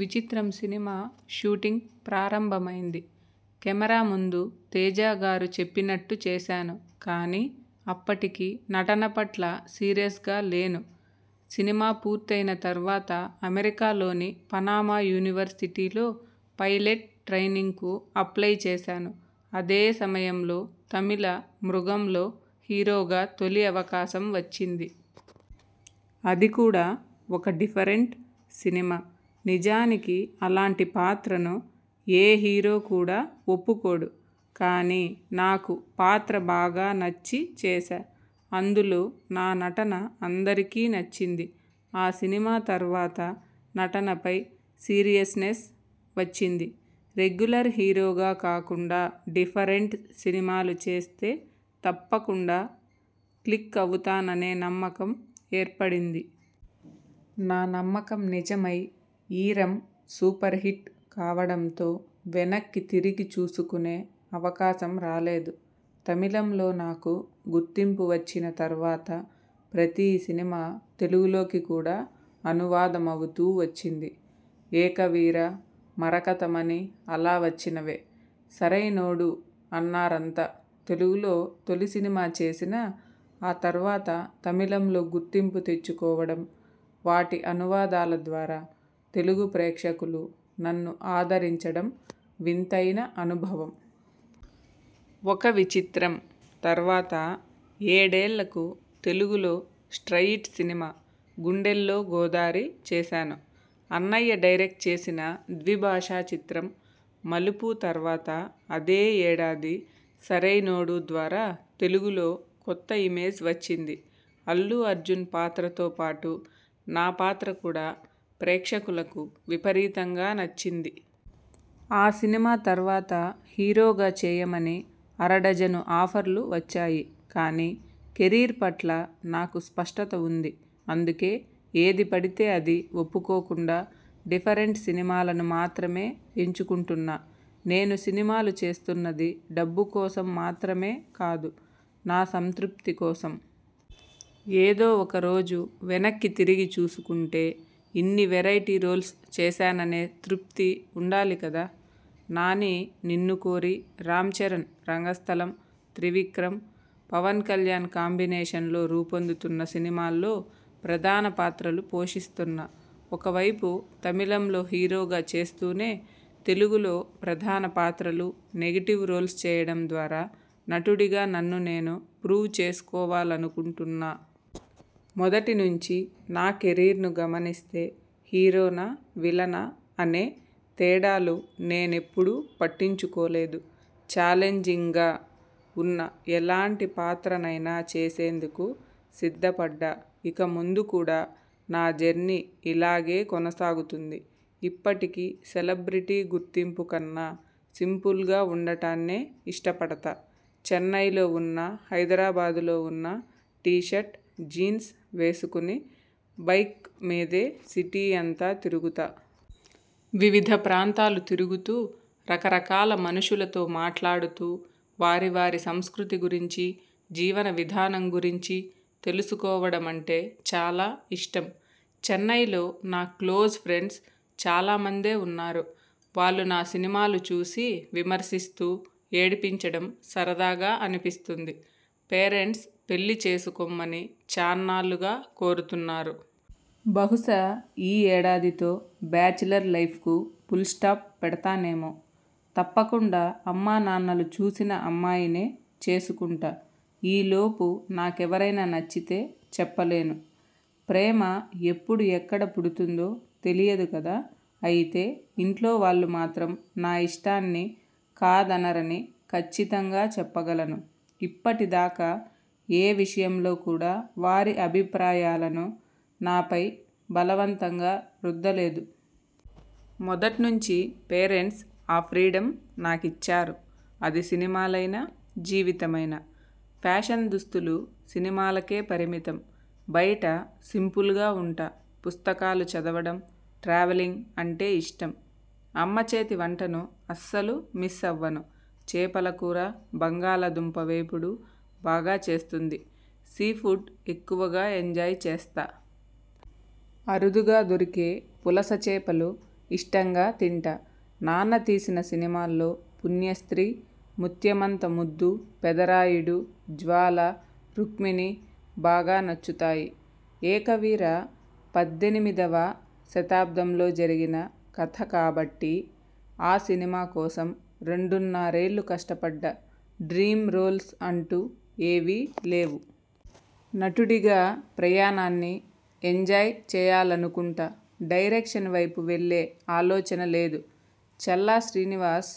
విచిత్రం' cinema shooting ప్రారంభమైంది. Camera ముందు తేజగారు చెప్పినట్టు చేశాను కానీ అప్పటికి నటన పట్ల సీరియస్గా లేను. సినిమా పూర్తయిన తర్వాత అమెరికాలోని పనామా యూనివర్శిటీలో పైలెట్ ట్రైనింగ్కు అప్లయ్ చేశాను. అదే సమయంలో తమిళ 'మృగం'లో హీరోగా తొలి అవకాశం వచ్చింది. అది కూడా ఒక డిఫరెంట్ సినిమా. నిజానికి అలాంటి పాత్రను ఏ హీరో కూడా ఒప్పుకోడు. కానీ నాకు పాత్ర బాగా నచ్చి చేశా. అందులో నా నటన అందరికీ నచ్చింది. ఆ సినిమా తర్వాత నటనపై సీరియస్నెస్ వచ్చింది. రెగ్యులర్ హీరోగా కాకుండా డిఫరెంట్ సినిమాలు చేస్తే తప్పకుండా క్లిక్ అవుతాననే నమ్మకం ఏర్పడింది. నా నమ్మకం నిజమై 'ఈరం' సూపర్హిట్ కావడంతో వెనక్కి తిరిగి చూసుకునే అవకాశం రాలేదు. తమిళంలో నాకు గుర్తింపు వచ్చిన తర్వాత ప్రతీ సినిమా తెలుగులోకి కూడా అనువాదమవుతూ వచ్చింది. 'ఏకవీర', 'మరకతమణి' అలా వచ్చినవే. 'సరైనోడు' అన్నారంతా తెలుగులో తొలి సినిమా చేసినా ఆ తర్వాత తమిళంలో గుర్తింపు తెచ్చుకోవడం, వాటి అనువాదాల ద్వారా తెలుగు ప్రేక్షకులు నన్ను ఆదరించడం వింతైన అనుభవం. 'ఒక విచిత్రం' తర్వాత ఏడేళ్లకు తెలుగులో స్ట్రయిట్ సినిమా 'గుండెల్లో గోదారి' చేశాను. అన్నయ్య డైరెక్ట్ చేసిన ద్విభాషా చిత్రం 'మలుపు' తర్వాత అదే యేడాది 'సరైనోడు' ద్వారా తెలుగులో కొత్త ఇమేజ్ వచ్చింది. అల్లు అర్జున్ పాత్రతో పాటు నా పాత్ర కూడా ప్రేక్షకులకు విపరీతంగా నచ్చింది. ఆ సినిమా తర్వాత హీరోగా చేయమని అరడజను ఆఫర్లు వచ్చాయి. కానీ కెరీర్ పట్ల నాకు స్పష్టత ఉంది. అందుకే ఏది పడితే అది ఒప్పుకోకుండా డిఫరెంట్ సినిమాలను మాత్రమే ఎంచుకుంటున్నా. నేను సినిమాలు చేస్తున్నది డబ్బు కోసం మాత్రమే కాదు, నా సంతృప్తి కోసం. ఏదో ఒకరోజు వెనక్కి తిరిగి చూసుకుంటే ఇన్ని వెరైటీ రోల్స్ చేశాననే తృప్తి ఉండాలి కదా. నాని 'నిన్ను కోరి', రామ్ చరణ్ 'రంగస్థలం', త్రివిక్రమ్, పవన్కళ్యాణ్ కాంబినేషన్లో రూపొందుతున్న సినిమాల్లో ప్రధాన పాత్రలు పోషిస్తున్నా. ఒకవైపు తమిళంలో హీరోగా చేస్తూనే, తెలుగులో ప్రధాన పాత్రలు, నెగిటివ్ రోల్స్ చేయడం ద్వారా నటుడిగా నన్ను నేను ప్రూవ్ చేసుకోవాలనుకుంటున్నా. మొదటి నుంచి నా కెరీర్ను గమనిస్తే హీరోనా, విలనా అనే తేడాలు నేనెప్పుడూ పట్టించుకోలేదు. ఛాలెంజింగ్గా ఉన్న ఎలాంటి పాత్రనైనా చేసేందుకు సిద్ధపడ్డా. ఇక ముందు కూడా నా జర్నీ ఇలాగే కొనసాగుతుంది. ఇప్పటికీ సెలబ్రిటీ గుర్తింపు కన్నా సింపుల్గా ఉండటాన్నే ఇష్టపడతా. చెన్నైలో ఉన్నా హైదరాబాద్లో ఉన్నా టీషర్ట్, జీన్స్ వేసుకుని బైక్ మీదే సిటీ అంతా తిరుగుతా. వివిధ ప్రాంతాలు తిరుగుతూ రకరకాల మనుషులతో మాట్లాడుతూ వారి వారి సంస్కృతి గురించి, జీవన విధానం గురించి తెలుసుకోవడమంటే చాలా ఇష్టం. చెన్నైలో నా క్లోజ్ ఫ్రెండ్స్ చాలామందే ఉన్నారు. వాళ్లు నా సినిమాలు చూసి విమర్శిస్తూ, ఏడిపించడం సరదాగా అనిపిస్తుంది. పేరెంట్స్ పెళ్లి చేసుకొమ్మని చాన్నాళ్లుగా కోరుతున్నారు. బహుశా ఈ యేడాదితో బ్యాచిలర్ లైఫ్కు పుల్స్టాప్ పెడతానేమో. తప్పకుండా అమ్మనాన్నలు చూసిన అమ్మాయినే చేసుకుంటా. ఈ లోపు నాకెవరైనా నచ్చితే చెప్పలేను. ప్రేమ ఎప్పుడు, ఎక్కడ పుడుతుందో తెలియదు కదా. అయితే ఇంట్లోవాళ్లు మాత్రం నా ఇష్టాన్ని కాదనరని కచ్చితంగా చెప్పగలను. ఇప్పటిదాకా ఏ విషయంలో కూడా వారి అభిప్రాయాలను నాపై బలవంతంగా రుద్దలేదు. మొదట్నుంచి పేరంట్స్ ఆ ఫ్రీడమ్ నాకిచ్చారు. అది సినిమాలైనా, జీవితమైనా! ఫ్యాషన్ దుస్తులు సినిమాలకే పరిమితం. బయట సింపుల్గా ఉంటా. పుస్తకాలు చదవడం, ట్రావెలింగ్ అంటే ఇష్టం. అమ్మ చేతివంటను అస్సలు మిస్సవ్వను. చేపల కూర, బంగాళదుంప వేపుడు బాగా చేస్తుంది. సీ ఫుడ్ ఎక్కువగా ఎంజాయ్ చేస్తా. అరుదుగా దొరికే పులస చేపలు ఇష్టంగా తింటా. నాన్న తీసిన సినిమాల్లో పుణ్యస్త్రీ, ముత్యమంత ముద్దు, పెదరాయుడు, జ్వాల, రుక్మిణి బాగా నచ్చుతాయి. 'ఏకవీర' పద్దెనిమిదివ శతాబ్దంలో జరిగిన కథ కాబట్టి ఆ సినిమా కోసం రెండున్నరేళ్లు కష్టపడ్డా. డ్రీమ్ రోల్స్ అంటూ ఏవీ లేవు. నటుడిగా ప్రయాణాన్ని ఎంజాయ్ చేయాలనుకుంటా. డైరెక్షన్ వైపు వెళ్లే ఆలోచన లేదు. చల్లా శ్రీనివాస్